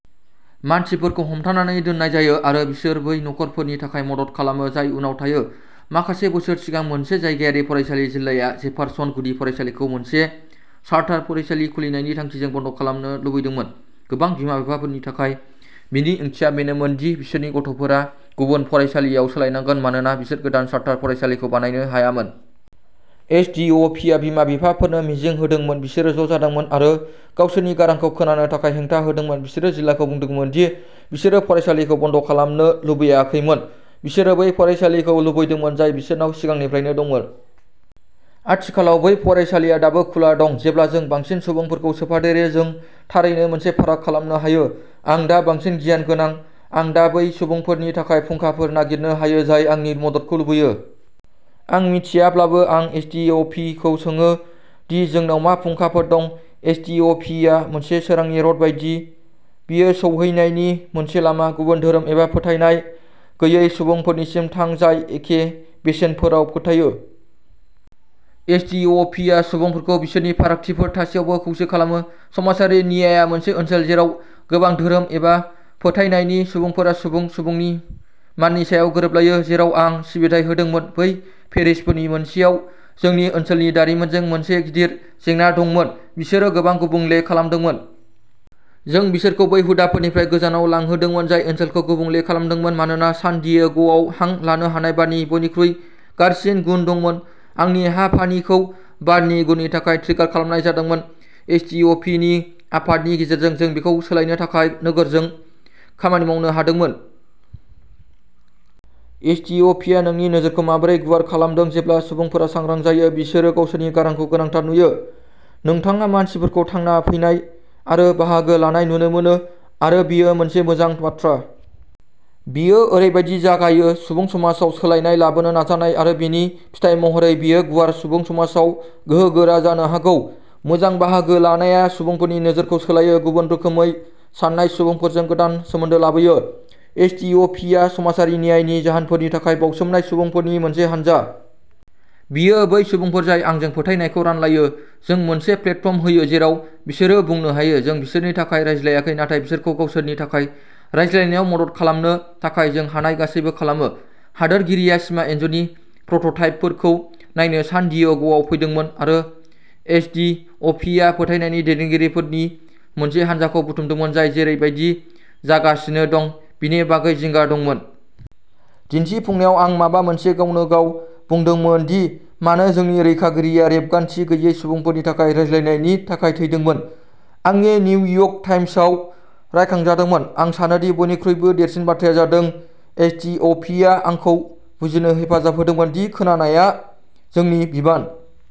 मानसिफोरखौ हमथानानै दोननाय जायो आरो बिसोर बै नखरफोरनि थाखाय मदद खालामो जाय उनाव थायो। माखासे बोसोर सिगां मोनसे जायगायारि फरायसालि जिल्लाया जेफारसन गुदि फरायसालिखौ मोनसे चार्टार फरायसालि खुलिनायनि थांखिजों बन्द खालामनो लुबैदोंमोन। गोबां बिमा बिफाफोरनि थाखाय बेनि ओंथिया बेनोमोन दि बिसोरनि गथ'फोरा गुबुन फरायसालियाव सोलायनांगोन मानोना बिसोर गोदान चार्टार फरायसालिखौ बायनो हायामोन। एस डि अ पि आ बिमा बिफाफोरनो मिजिं होदोंमोन। बिसोरो ज' जादोंमोन आरो गावसोरनि गारांखौ खोनानो थाखाय हेंथा होदोंमोन। बिसोरो जिल्लाखौ बुंदोंमोन दि बिसोरो फरायसालिखौ बन्द खालामनो लुबैयाखैमोन बिसोरो बै फरायसालिखौ लुबैदोंमोन जाय बिसोरनाव सिगांनिफ्रायनो दंमोन। आथिखालाव बै फरायसालिआ दाबो खुला दं। जेब्ला जों बांसिन सुबुंफोरखौ सोफादेरो जों थारैनो मोनसे फाराग खालामनो हायो। आं दा बांसिन गियान गोनां। आं दा बै सुबुंफोरनि थाखाय फुंखाफोर नागिरनो हायो जाय आंनि मददखौ लुबैयो। आं मिथियाब्लाबो आं एस डि अ पि खौ सोङो दि जोंनाव मा फुंखाफोर दं। एस डि अ पि आ मोनसे सोरांनि रड बायदि। बेयो सौहैनायनि मोनसे लामा। गुबुन धोरोम एबा फोथायनाय गैयै सुबुंफोरनिसिम थां जाय एखे बेसेनफोराव फोथायो। एस डि अ पि आ सुबुंफोरखौ बिसोरनि फारागथिफोर थासेयावबो खौसे खालामो। समाजारि न्यायआ मोनसे ओनसोल जेराव गोबां धोरोम एबा फोथायनायनि सुबुंफोरा सुबुं सुबुंनि माननि सायाव गोरोबलायो। जेराव आं सिबिथाय होदोंमोन बै पेरिशफोरनि मोनसेयाव जोंनि ओनसोलनि दारिमिनजों मोनसे गिदिर जेंना दंमोन बिसोरो गोबां गुबुंले खालामदोंमोन। जों बिसोरखौ बै हुदाफोरनिफ्राय गोजानाव लांहोदोंमोन जाय ओनसोलखौ गुबुंले खालामदोंमोन मानोना सान डियेग'आव हां लानो हानाय बारनि बयनिख्रुइ गाज्रिसिन गुन दंमोन आंनि हापानिखौ बारनि गुननि थाखाय ट्रिगार खालामनाय जादोंमोन। एस डि अ पि नि आफादनि गेजेरजों जों बेखौ सोलायनो थाखाय नोगोरजों खामानि मावनो हादोंमोन। एस डि अ पि आ नोंनि नोजोरखौ माबोरै गुवार खालामदों जेब्ला सुबुंफोरा सांग्रां जायो बिसोरो गावसोरनि गारांखौ गोनांथार नुयो। नोंथाङा मानसिफोरखौ थांना फैनाय आरो बाहागो लानाय नुनो मोनो आरो बेयो मोनसे मोजां बाथ्रा। बेयो ओरैबायदि जागायो। सुबुं समाजाव सोलायनाय लाबोनो नाजानाय आरो बेनि फिथाय महरै बेयो गुवार सुबुं समाजाव गोहोगोरा जानो हागौ। मोजां बाहागो लानाया सुबुंफोरनि नोजोरखौ सोलायो गुबुन रोखोमै सान्नाय सुबुंफोरजों गोदान सोमोन्दो लाबोयो। एस डि अ पि आ समाजारि न्यायनि जाहोनफोरनि थाखाय बावसोमनाय सुबुंफोरनि मोनसे हानजा। बेयो बै सुबुंफोर जाय आंजों फोथायनायखौ रानलायो। जों मोनसे प्लेटफर्म होयो जेराव बिसोरो बुंनो हायो। जों बिसोरनि थाखाय रायज्लायाखै नाथाय बिसोरखौ गावसोरनि थाखाय रायज्लायनायाव मदद खालामनो थाखाय जों हानाय गासैबो खालामो। हादोरगिरिया सिमा इनजुरनि प्रोटोटाइपफोरखौ नायनो सान डियेग'आव फैदोंमोन आरो एस डि अ पि आ फोथायनायनि दैदेनगिरिफोरनि मोनसे हानजाखौ बुथुमदोंमोन जाय जेरै बायदि जागासिनो दं बेनि बागै जिंगा दंमोन। दिन्थिफुंनायाव आं माबा मोनसे गावनो गाव बुंदोंमोन दि मानो जोंनि रैखागिरिया रेबगान्थि गैयै सुबुंफोरनि थाखाय रायज्लायनायनि थाखाय थैदोंमोन। आं निउयर्क टाइम्सआव रायखांजादोंमोन। आं सानोदि बयनिख्रुइबो देरसिन बाथ्राया जादों एस डि अ पि आ आंखौ बुजिनो हेफाजाब होदोंमोन दि खोनानाया जोंनि बिबान।